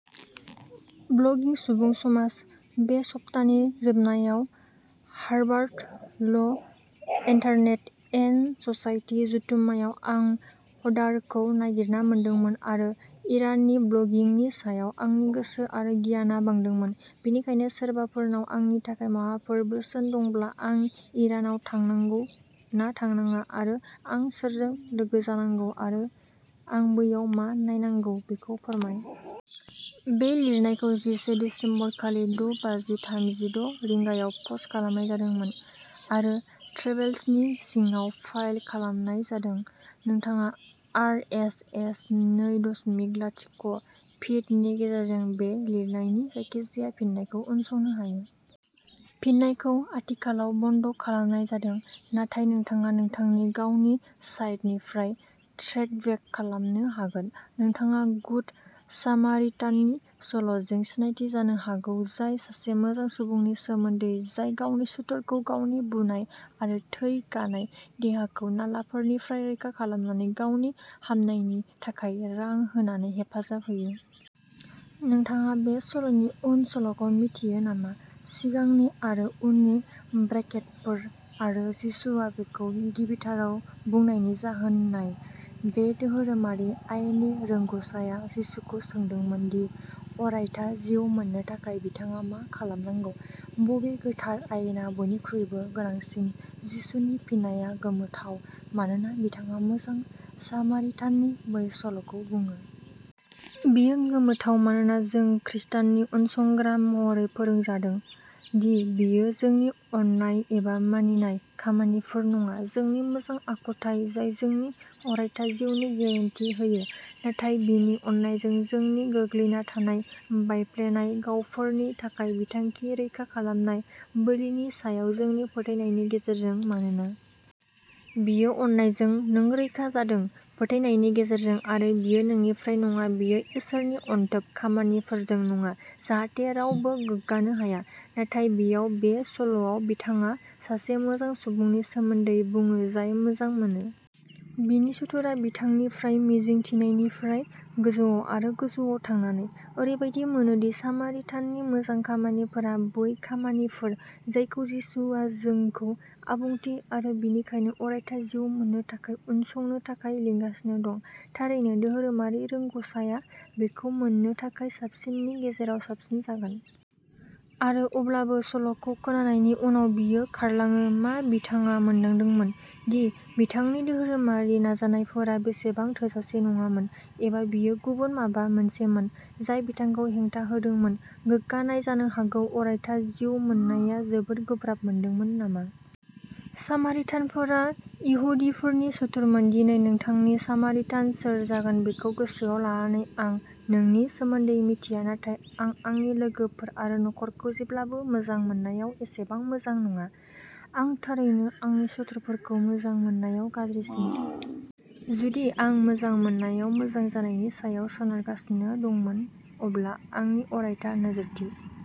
ब्लगिं सुबुं समाज। बे सप्तानि जोबनायाव हार्भार्ड ल इन्टारनेट एन्ड ससाइटि जथुम्मायाव आं हडारखौ नागिरना मोनदोंमोन आरो इराननि ब्लगिंनि सायाव आंनि गोसो आरो गियाना बांदोंमोन। बेनिखायनो सोरबाफोरनाव आंनि थाखाय माबाफोर बोसोन दंब्ला आं इरानाव थांनांगौ ना थांनाङा आरो आं सोरजों लोगो जानांगौ आरो आं बैयाव मा नायनांगौ बेखौ फोरमाय। बे लिरनायखौ जिसे दिसेम्बर खालि द’ बाजि थामजिद’ रिंगायाव पस्ट खालामनाय जादोंमोन आरो ट्रेभेल्सनि सिङाव फाइल खालामनाय जादों। नोंथाङा आर. एस. एस. नै दसमिक लाथिख’ फिडनि गेजेरजों बे लिरनायनि जायखिजाया फिननायखौ उनसंनो हायो। फिननायखौ आथिखालाव बन्द’ खालामनाय जादों। नाथाय नोंथाङा नोंथांनि गावनि साइटनिफ्राय ट्रेकबेक खालामनो हागोन। नोंथाङा गुड सामारिटाननि सल'जों सिनायथि जानो हागौ जाय सासे मोजां सुबुंनि सोमोन्दै जाय गावनि सुथुरखौ गावनि बुनाय आरो थै गानाय देहाखौ नालाफोरनिफ्राय रैखा खालामनानै गावनि हामनायनि थाखाय रां होनानै हेफाजाब होयो। नोंथाङा बे सल'नि उन सल'खौ मिथियो नामा? सिगांनि आरो उननि ब्रेकेटफोर आरो जिसुआ बेखौ गिबिथाराव बुंनायनि जाहोन नाय बे धोरोमारि आयेननि रोंग'साआ जिसुखौ सोंदोंमोन दि अरायथा जिउ मोननो थाखाय बिथाङा मा खालामनांगौ बबे गोथार आयेना बयनिख्रुइबो गोनांसिन जिसुनि फिननाया गोमोथाव मानोना बिथाङा मोजां सामारिटाननि बै सल'खौ बुङो। बेयो गोमोथाव मानोना जों ख्रिष्टाननि उनसंग्रा महरै फोरोंजादों दि बेयो जोंनि अननाय एबा मानिनाय खामानिफोर नङा जोंनि मोजां आखुथाइ जाय जोंनि अरायथा जिउनि गेरेन्टि होयो‌ नाथाय बिनि अननायजों जोंनि गोग्लैना थानाय बायफ्लेनाय गावफोरनि थाखाय बिथांनि रैखा खालामनाय बोलिनि सायाव जोंनि फोथायनायनि गेजेरजों। मानोना बेयो अननायजों नों रैखा जादों फोथायनायनि गेजेरजों आरो बेयो नोंनिफ्राय नङा‌ बेयो इसोरनि अनथोब खामानिफोरजों नङा जाहाथे रावबो गोग्गानो हाया। नाथाय बेयाव बे सल'आव बिथाङा सासे मोजां सुबुंनि सोमोन्दै बुङो जाय मोजां मोनो। बिनि सुथुरआ बिथांनिफ्राय मिजिंथिनायनिफ्राय गोजौआव आरो गोजौआव थांनानै। ओरैबायदि मोनोदि सामारिटाननि मोजां खामानिफोरा बै खामानिफोर जायखौ जिसुआ जोंखौ आबुंथि आरो बेनिखायनो अरायथा जिउ मोननो थाखाय उनसंनो थाखाय लिंगासिनो दं। थारैनो धोरोमारि रोंग'साआ बेखौ मोननो थाखाय साबसिननि गेजेराव साबसिन जागोन। आरो अब्लाबो सल'खौ खोनानायनि उनाव बियो खारलाङो मा बिथाङा मोनदांदोंमोन दि बिथांनि धोरोमारि नाजानायफोरा बेसेबां थोजासे नङामोन एबा बेयो गुबुन माबा मोनसेमोन जाय बिथांखौ हेंथा होदोंमोन, गोग्गानाय जानो हागौ। अरायथा जिउ मोननाया जोबोद गोब्राब मोनदोंमोन नामा? सामारिटानफोरा इहुदिफोरनि सुथुरमोन दिनै नोंथांनि सामारिटान सोर जागोन बेखौ गोसोआव लानानै आं नोंनि सोमोन्दै मिथिया नाथाय आं आंनि लोगोफोर आरो नखरखौ जेब्लाबो मोजां मोननायाव एसेबां मोजां नङा। आं थारैनो आंनि सुथुरफोरखौ मोजां मोननायाव गाज्रिसिन। जुदि आं मोजां मोननायाव मोजां जानायनि सायाव सोनारगासिनो दंमोन अब्ला आंनि अरायथा नोजोरथि।